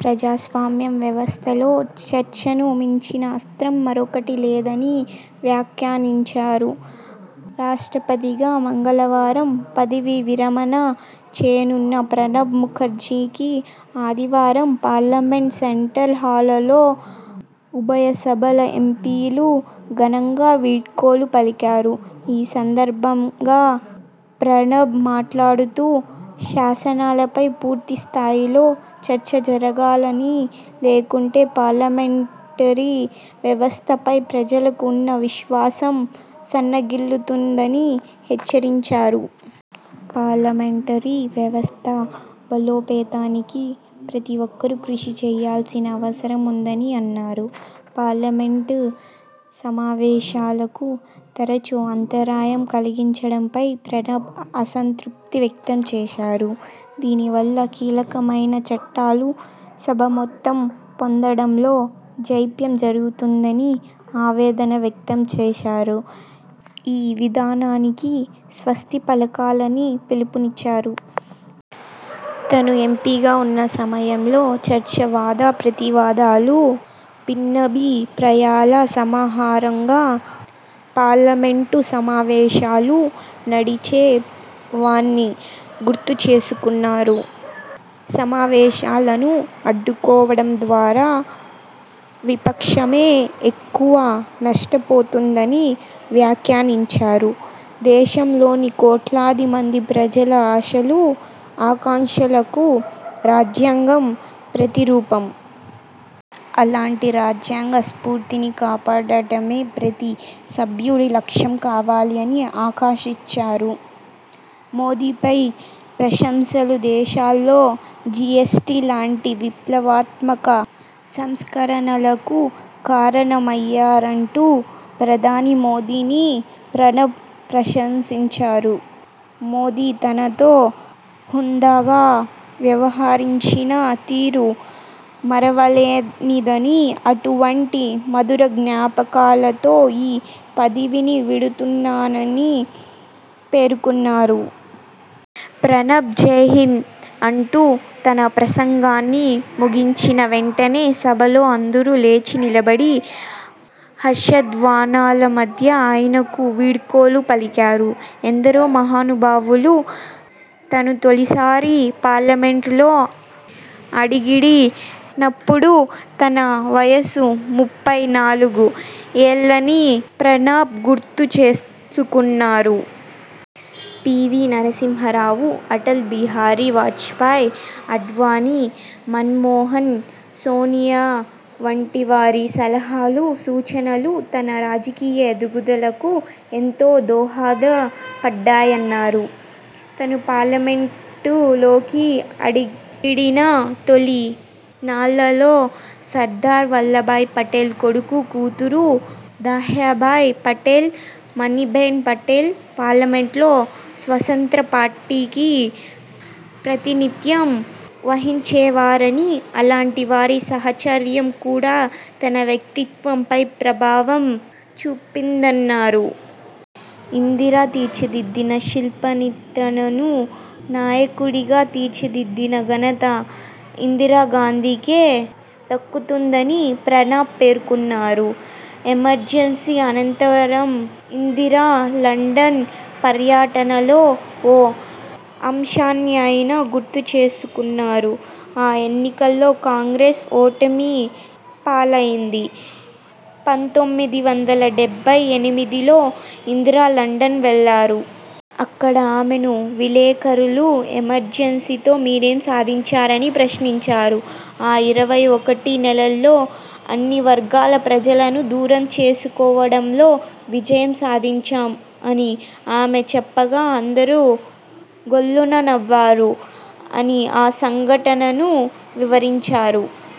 ప్రజాస్వామ్య వ్యవస్థలో చర్చను మించిన అస్త్రం మరొకటి లేదని వ్యాఖ్యానించారు. రాష్ట్రపతిగా మంగళవారం పదవీ విరమణ చేయనున్న ప్రణబ్ ముఖర్జీకి ఆదివారం పార్లమెంటు సెంట్రల్ హాలులో ఉభయ సభల ఎంపీలు ఘనంగా వీడ్కోలు పలికారు. ఈ సందర్భంగా ప్రణబ్ మాట్లాడుతూ, శాసనాలపై పూర్తి స్థాయిలో చర్చ జరగాలని, లేకుంటే పార్లమెంటరీ వ్యవస్థ పై ప్రజలకు ఉన్న విశ్వాసం సన్న గిల్లుతుందని హెచ్చరించారు. పార్లమెంటరీ వ్యవస్థ బలోపేతానికి ప్రతి ఒక్కరూ కృషి చేయాల్సిన అవసరం ఉందని అన్నారు. పార్లమెంటు సమావేశాలకు తరచూ అంతరాయం కలిగించడం పై ప్రణబ్ అసంతృప్తి వ్యక్తం చేశారు. దీని వల్ల కీలకమైన చట్టాలు సభా మోత్తం పొందడంలో జాప్యం జరుగుతుందని ఆవేదన వ్యక్తం చేశారు. ఈ విధానానికి స్వస్తి పలకాలని పిలుపు నిచ్చారు. తాను ఎంపీగా ఉన్న సమయంలో, చర్చ, వాద ప్రతివాదాలు, భిన్నాభి ప్రాయాల సమాహారంగా పార్లమెంటు సమావేశాలు నడిచే వని గుర్తు చేసుకున్నారు. సమావేశాలను అడ్డుకోవడం ద్వారా విపక్షమే ఎక్కువ నష్ట పోతుందని వ్యాఖ్యానించారు. దేశం లోని కోట్లాది మంది ప్రజల ఆశలు, ఆకాంక్షలకు రాజ్యాంగం ప్రతి రూపం. అలాంటి రాజ్యాంగ స్ఫూర్తిని కాపాడటమే ప్రతి సభ్యుడి లక్ష్యం కావాలి అని ఆకాంక్షించారు. మోదీపై ప్రశంసలు దేశంలో జీఎస్టీ లాంటి విప్లవాత్మక సంస్కరణలకు కారణ మయ్యారంటూ ప్రధాని మోదీని ప్రణబ్ ప్రశంసించారు. మోదీ తనతో హుందాగా వ్యవహరించిన తీరు మరువ లేనిదని, అటువంటి మధుర జ్ఞాపకాలతో ఈ పదవిని వీడుతున్నాని పేర్కొన్నారు. ప్రణబ్.. జై హింద్ అంటూ తన ప్రసంగాన్ని ముగించిన వెంటనే సభలో అందరూ లేచి నిలబడి హర్ష ధ్వానాల మధ్య ఆయనకు వీడ్కోలు పలికారు. ఎందరో మహానుభావులు, తాను తొలిసారి పార్లమెంటులో అడిగిడి నప్పుడు తన వయసు ముప్పై నాలుగు ఏళ్లని ప్రణబ్ గుర్తు చేసుకున్నారు. పీవీ నరసింహరావు, అటల్ బిహారీ వాజ్పేయి, ఆడ్వాణీ, మన్మోహన్, సోనియా వంటి వారి సలహాలు, సూచనలు తన రాజకీయ ఎదుగుదలకు ఎంతో దోహద పడ్డాయన్నారు. తాను పార్లమెంటు లోకి అడుగిడిన తొలి నాళ్లలో, సర్దార్ వల్లభ్భాయ్ పటేల్ కొడుకు, కూతురు దహ్యాభాయ్ పటేల్, మణిబెన్ పటేల్ పార్లమెంటులో స్వత్రంత్ర పార్టీకి ప్రతినిధ్యం వహించేవారని, అలాంటి వారి సాహచర్యం కూడా తన వ్యక్తిత్వం పై ప్రభావం చూపిందన్నారు. ఇందిర తీర్చిదిద్దిన శిల్పాన్నితనను నాయకుడిగా తీర్చిదిద్దిన ఘనత ఇందిరా గాంధీకే దక్కుతుందని ప్రణబ్ పేర్కొన్నారు. ఎమర్జెన్సీ అనంతరం ఇందిర లండన్ పర్యటనలో ఓ అంశాన్ని ఆయన గుర్తు చేసుకున్నారు. ఆ ఎన్నికల్లో కాంగ్రెస్ ఓటమి పాలైంది. పంతొమ్మిది వందల డెబ్బై ఎనిమిదిలో ఇందిర లండన్ వెళ్లారు. అక్కడ ఆమెను విలేకరులు, ఎమర్జెన్సీ తో మీరేం సాధించారని ప్రశ్నించారు. ఆ ఇరవై ఒకటి నెలల్లో అన్ని వర్గాల ప్రజలను దూరం చేసు కోవడంలో విజయం సాధించాం అని ఆమె చెప్పగా అందరూ గొల్లున నవ్వారు అని ఆ సంఘటనను వివరించారు.